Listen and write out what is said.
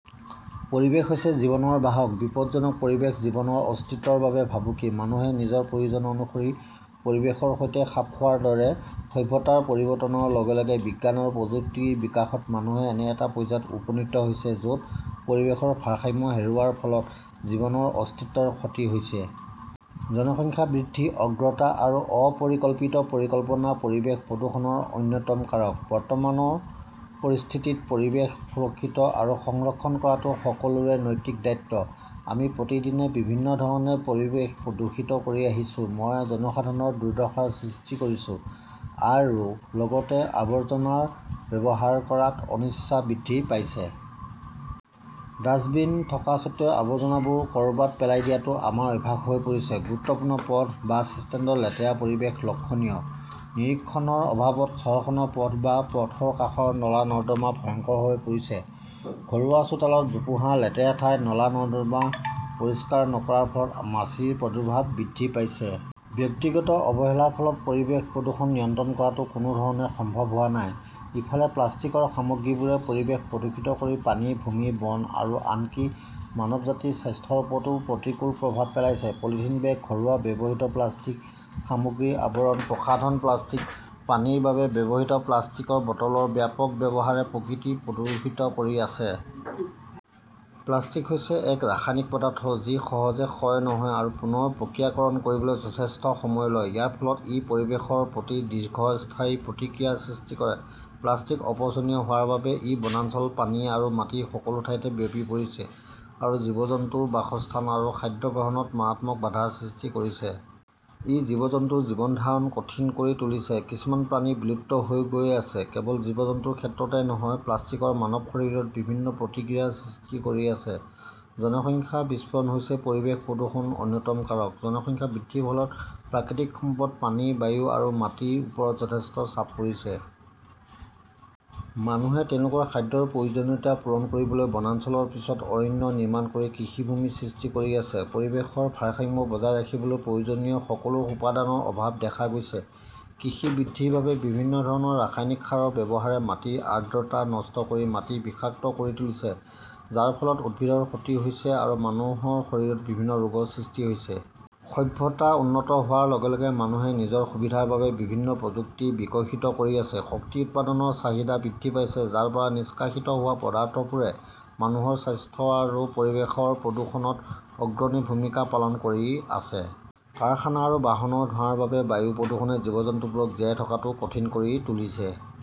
পৰিৱেশ হৈছে জীৱনৰ বাহক। বিপদজনক পৰিৱেশ জীৱনৰ অস্তিত্বৰ বাবে ভাবুকি। মানুহে নিজৰ প্ৰয়োজন অনুসৰি পৰিৱেশৰ সৈতে খাপ খোৱাৰ দৰে, সভ্যতাৰ পৰিৱৰ্তনৰ লগে লগে বিজ্ঞান আৰু প্ৰযুক্তিৰ বিকাশত মানুহে এনে এটা পৰ্যায়ত উপনীত হৈছে য 'ত পৰিৱেশৰ ভাৰসাম্য হেৰুওৱাৰ ফলত জীৱনৰ অস্তিত্বৰ ক্ষতি হৈছে। জনসংখ্যা বৃদ্ধি, অজ্ঞতা আৰু অপৰিকল্পিত পৰিকল্পনা পৰিৱেশ প্ৰদূষণৰ অন্যতম কাৰক। বৰ্তমানৰ পৰিস্থিতিত পৰিৱেশ সুৰক্ষিত আৰু সংৰক্ষণ কৰাটো সকলোৰে নৈতিক দায়িত্ব। আমি প্ৰতিদিনে বিভিন্ন ধৰণে পৰিৱেশ দূষিত কৰি আহিছো। মই জনসাধাৰণৰ দুৰ্দশাৰ সৃষ্টি কৰিছো, আৰু লগতে আৱৰ্জনা ব্যৱহাৰ কৰাত অনিচ্ছা বৃদ্ধি পাইছে। ডাস্টবিন থকা স্বত্বেও আৱৰ্জনাবোৰ ক 'ৰবাত পেলাই দিয়াটো আমাৰ অভ্যাস হৈ পৰিছে। গুৰুত্বপূৰ্ণ পথ, বাছ ষ্টেণ্ডৰ লেতেৰা পৰিৱেশ লক্ষণীয়। নিৰীক্ষণৰ অভাৱত চহৰখনৰ পথ বা পথৰ কাষৰ নলা-নৰ্দমা ভয়ংকৰ হৈ পৰিছে। ঘৰুৱা চোতালত জোপোহা, লেতেৰা ঠাই, নলা-নৰ্দমা পৰিষ্কাৰ নকৰাৰ ফলত মাছিৰ প্ৰাদুৰ্ভাৱ বৃদ্ধি পাইছে। ব্যক্তিগত অৱহেলাৰ ফলত পৰিৱেশ প্ৰদূষণ নিয়ন্ত্ৰণ কৰাটো কোনো ধৰণে সম্ভৱ হোৱা নাই। ইফালে, প্লাষ্টিকৰ সামগ্ৰীবোৰে পৰিৱেশ প্ৰদূষিত কৰি পানী, ভূমি, বন আৰু আনকি মানৱজাতিৰ স্বাস্থ্যৰ ওপৰতো প্ৰতিকূল প্ৰভাৱ পেলাইছে। পলিথিন বেগ, ঘৰুৱা ব্যৱহৃত প্লাষ্টিক, সামগ্ৰীৰ আৱৰণ, প্ৰসাধন প্লাষ্টিক, পানীৰ বাবে ব্যৱহৃত প্লাষ্টিকৰ বটলৰ ব্যাপক ব্যৱহাৰে প্ৰকৃতি প্ৰদূষিত কৰি আছে। প্লাষ্টিক হৈছে এক ৰাসায়নিক পদাৰ্থ, যি সহজে ক্ষয় নহয় আৰু পুনৰ প্ৰক্ৰিয়াকৰণ কৰিবলৈ যথেষ্ট সময় লয়। ইয়াৰ ফলত ই পৰিৱেশৰ প্ৰতি দীৰ্ঘস্থায়ী প্ৰতিক্ৰিয়াৰ সৃষ্টি কৰে। প্লাষ্টিক অপচনীয় হোৱাৰ বাবে ই বনাঞ্চল, পানী আৰু মাটিৰ সকলো ঠাইতে বিয়পি পৰিছে আৰু জীৱ-জন্তুৰ বাসস্থান আৰু খাদ্য গ্ৰহণত মাৰাত্মক বাধাৰ সৃষ্টি কৰিছে। ই জীৱ-জন্তুৰ জীৱন ধাৰণ কঠিন কৰি তুলিছে। কিছুমান প্ৰাণী বিলুপ্ত হৈ গৈ আছে। কেৱল জীৱ-জন্তুৰ ক্ষেত্ৰতে নহয়, প্লাষ্টিকই মানৱ শৰীৰত বিভিন্ন প্ৰতিক্ৰিয়াৰ সৃষ্টি কৰি আছে। জনসংখ্যা বিস্ফোৰণ হৈছে পৰিৱেশ প্ৰদূষণৰ অন্যতম কাৰক। জনসংখ্যা বৃদ্ধিৰ ফলত প্ৰাকৃতিক সম্পদ, পানী, বায়ু আৰু মাটিৰ ওপৰত যথেষ্ট চাপ পৰিছে। মানুহে তেওঁলোকৰ খাদ্যৰ প্ৰয়োজনীয়তা পূৰণ কৰিবলৈ বনাঞ্চলৰ পিছত অৰণ্য নিৰ্মাণ কৰি কৃষিভূমি সৃষ্টি কৰি আছে। পৰিৱেশৰ ভাৰসাম্য বজাই ৰাখিবলৈ প্ৰয়োজনীয় সকলো উপাদানৰ অভাৱ দেখা গৈছে। কৃষি বৃদ্ধিৰ বাবে বিভিন্ন ধৰণৰ ৰাসায়নিক সাৰৰ ব্যৱহাৰে মাটিৰ আৰ্দ্ৰতা নষ্ট কৰি মাটি বিষাক্ত কৰি তুলিছে, যাৰ ফলত উদ্ভিদৰ ক্ষতি হৈছে আৰু মানুহৰ শৰীৰত বিভিন্ন ৰোগৰ সৃষ্টি হৈছে। সভ্যতা উন্নত হোৱাৰ লগে লগে মানুহে নিজৰ সুবিধাৰ বাবে বিভিন্ন প্ৰযুক্তি বিকশিত কৰি আছে, শক্তি উৎপাদনৰ চাহিদা বৃদ্ধি পাইছে, যাৰ পৰা নিষ্কাশিত হোৱা পদাৰ্থবোৰে মানুহৰ স্বাস্থ্য আৰু পৰিৱেশৰ প্ৰদূষণত অগ্ৰণী ভূমিকা পালন কৰি আছে। কাৰখানা আৰু বাহনৰ ধোঁৱাৰ বাবে বায়ু প্ৰদূষণে জীৱ-জন্তুবোৰক জীয়াই থকাটো কঠিন কৰি তুলিছে।